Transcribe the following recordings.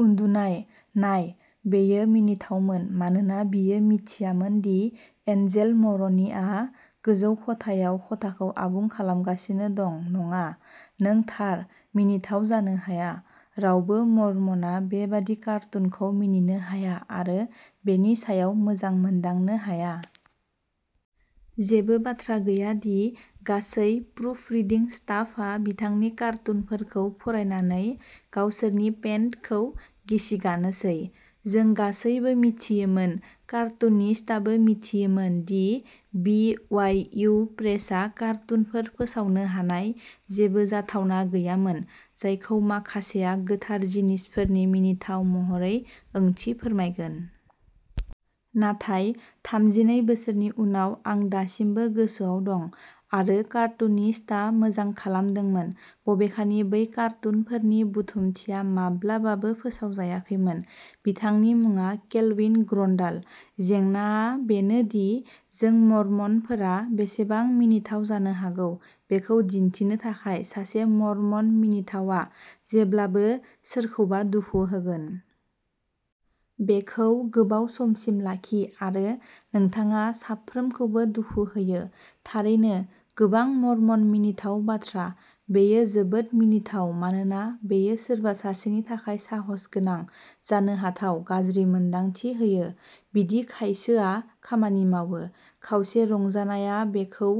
उन्दुनाय, नाय बेयो मिनिथावमोन मानोना बियो मिथियामोन दि एन्जेल मर'नीआ गोजौ खथायाव खथाखौ आबुं खालामगासिनो दं नङा। नों थार मिनिथाव जानो हाया। रावबो मरमनआ बेबादि कार्टुनखौ मिनिनो हाया आरो बेनि सायाव मोजां मोनदांनो हाया। जेबो बाथ्रा गैया दि गासै प्रुफरिडिं स्टाफआ बिथांनि कार्टुनफोरखौ फरायनानै गावसोरनि पेन्टखौ गिसिगानोसै। जों गासैबो मिथियोमोन कार्टुनिस्टआबो मिथियोमोन दि बि अवाइ इउ प्रेसआ कार्टुनफोर फोसावनो हानाय जेबो जाथावना गैयामोन जायखौ माखासेया गोथार जिनिसफोरनि मिनिथाव महरै ओंथि फोरमायगोन। नाथाय थामजिनै बोसोरनि उनाव, आं दासिमबो गोसोआव दं। आरो कार्टुनिस्टआ मोजां खालामदोंमोन, बबेखानि बै कार्टुनफोरनि बुथुमथिया माब्लाबाबो फोसावजायाखैमोन। बिथांनि मुङा केल्भिन ग्रन्डाल। जेंनाआ बेनो दि जों मरमनफोरा बेसेबां मिनिथाव जानो हागौ बेखौ दिन्थिनो थाखाय, सासे मरमन मिनिथावआ जेब्लाबो सोरखौबा दुखु होगोन। बेखौ गोबाव समसिम लाखि आरो नोंथाङा साफ्रोमखौबो दुखु होयो। थारैनो गोबां मरमन मिनिथाव बाथ्रा। बेयो जोबोद मिनिथाव मानोना बेयो सोरबा सासेनि थाखाय साहसगोनां जानो हाथाव, गाज्रि मोन्दांथि होयो। बिदि खायसोआ खामानि मावो। खावसे रंजानायआ बेखौ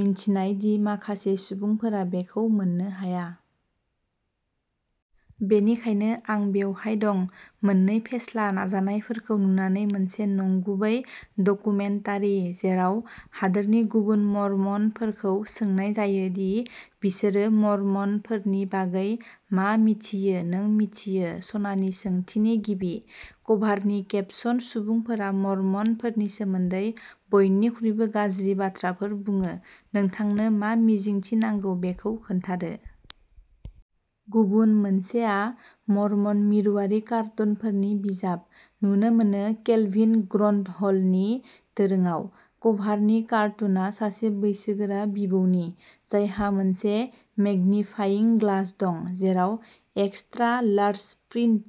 मिन्थिनाय दि माखासे सुबुंफोरा बेखौ मोननो हाया। बेनिखायनो आं बेवहाय दं, मोननै फेस्ला नाजानायफोरखौ नुनानै मोनसे नंगुबै डकुमेन्टारि जेराव हादोरनि गुबुन मर्मनफोरखौ सोंनाय जायो दि बिसोरो मर्मनफोरनि बागै मा मिथियो नों मिथियो, सनानि सोंथिनि गिबि। कभारनि केपसन सुबुंफोरा मर्मनफोरनि सोमोन्दै बयनिख्रुइबो गाज्रि बाथ्राफोर बुङो नोंथांनो मा मिजिंथि नांगौ बेखौ खोनथादो। गुबुन मोनसेआ मर्मन मिरुआरि कार्टुनफोरनि बिजाब, नुनो मोनो केलभिन ग्रन्डहलनि दोरोङाव कभारनि कार्टुनआ सासे बैसोगोरा बिबौनि, जायहा मोनसे मेग्निफाइं ग्लास दं, जेराव extra large print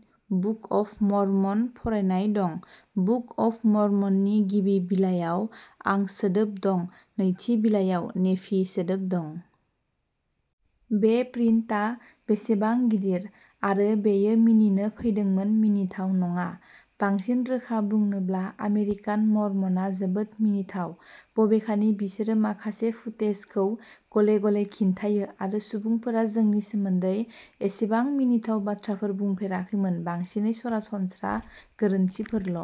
book of Mormon फरायनाय दं। बुक अफ मर्मननि गिबि बिलाइयाव आं सोदोब दं नैथि बिलाइयाव नेफि सोदोब दं। बे प्रिन्टआ बेसेबां गिदिर आरो बेयो मिनिनो फैदोंमोन मिनिथाव नङा। बांसिन रोखा बुंनोब्ला आमेरिकान मर्मनआ जोबोद मिनिथाव, बबेखानि बिसोरो माखासे फुटेजखौ गले-गले खिन्थायो आरो सुबुंफोरा जोंनि सोमोन्दै एसेबां मिनिथाव बाथ्राफोर बुंफेराखैमोन बांसिनै सरासनस्रा गोरोन्थिफोरल'।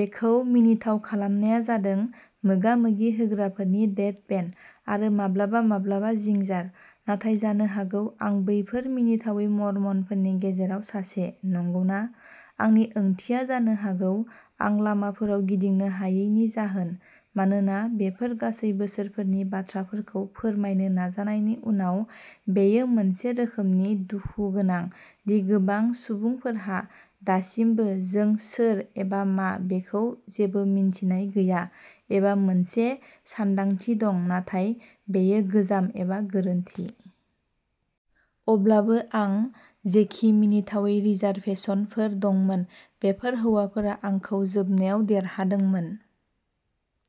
बेखौ मिनिथाव खालामनाया जादों मोगा-मोगि होग्राफोरनि डेडपेन आरो माब्लाबा-माब्लाबा जिंजार। नाथाय जानो हागौ आं बैफोर मिनिथावै मर्मनफोरनि गेजेराव सासे, नंगौना? आंनि ओंथिया जानो हागौ, आं लामाफोराव गिदिंनो हायैनि जाहोन मानोना बेफोर गासै बोसोरफोरनि बाथ्राफोरखौ फोरमायनो नाजानायनि उनाव बेयो मोनसे रोखोमनि दुखु गोनां दि गोबां सुबुंफोरहा दासिमबो जों सोर एबा मा बेखौ जेबो मिन्थिनाय गैया एबा मोनसे सानदांथि दं नाथाय बेयो गोजाम एबा गोरोन्थि। अब्लाबो आं जेखि मिनिथावै रिजार्भेशनफोर दंमोन, बेफोर हौवाफोरा आंखौ जोबनायाव देरहादोंमोन।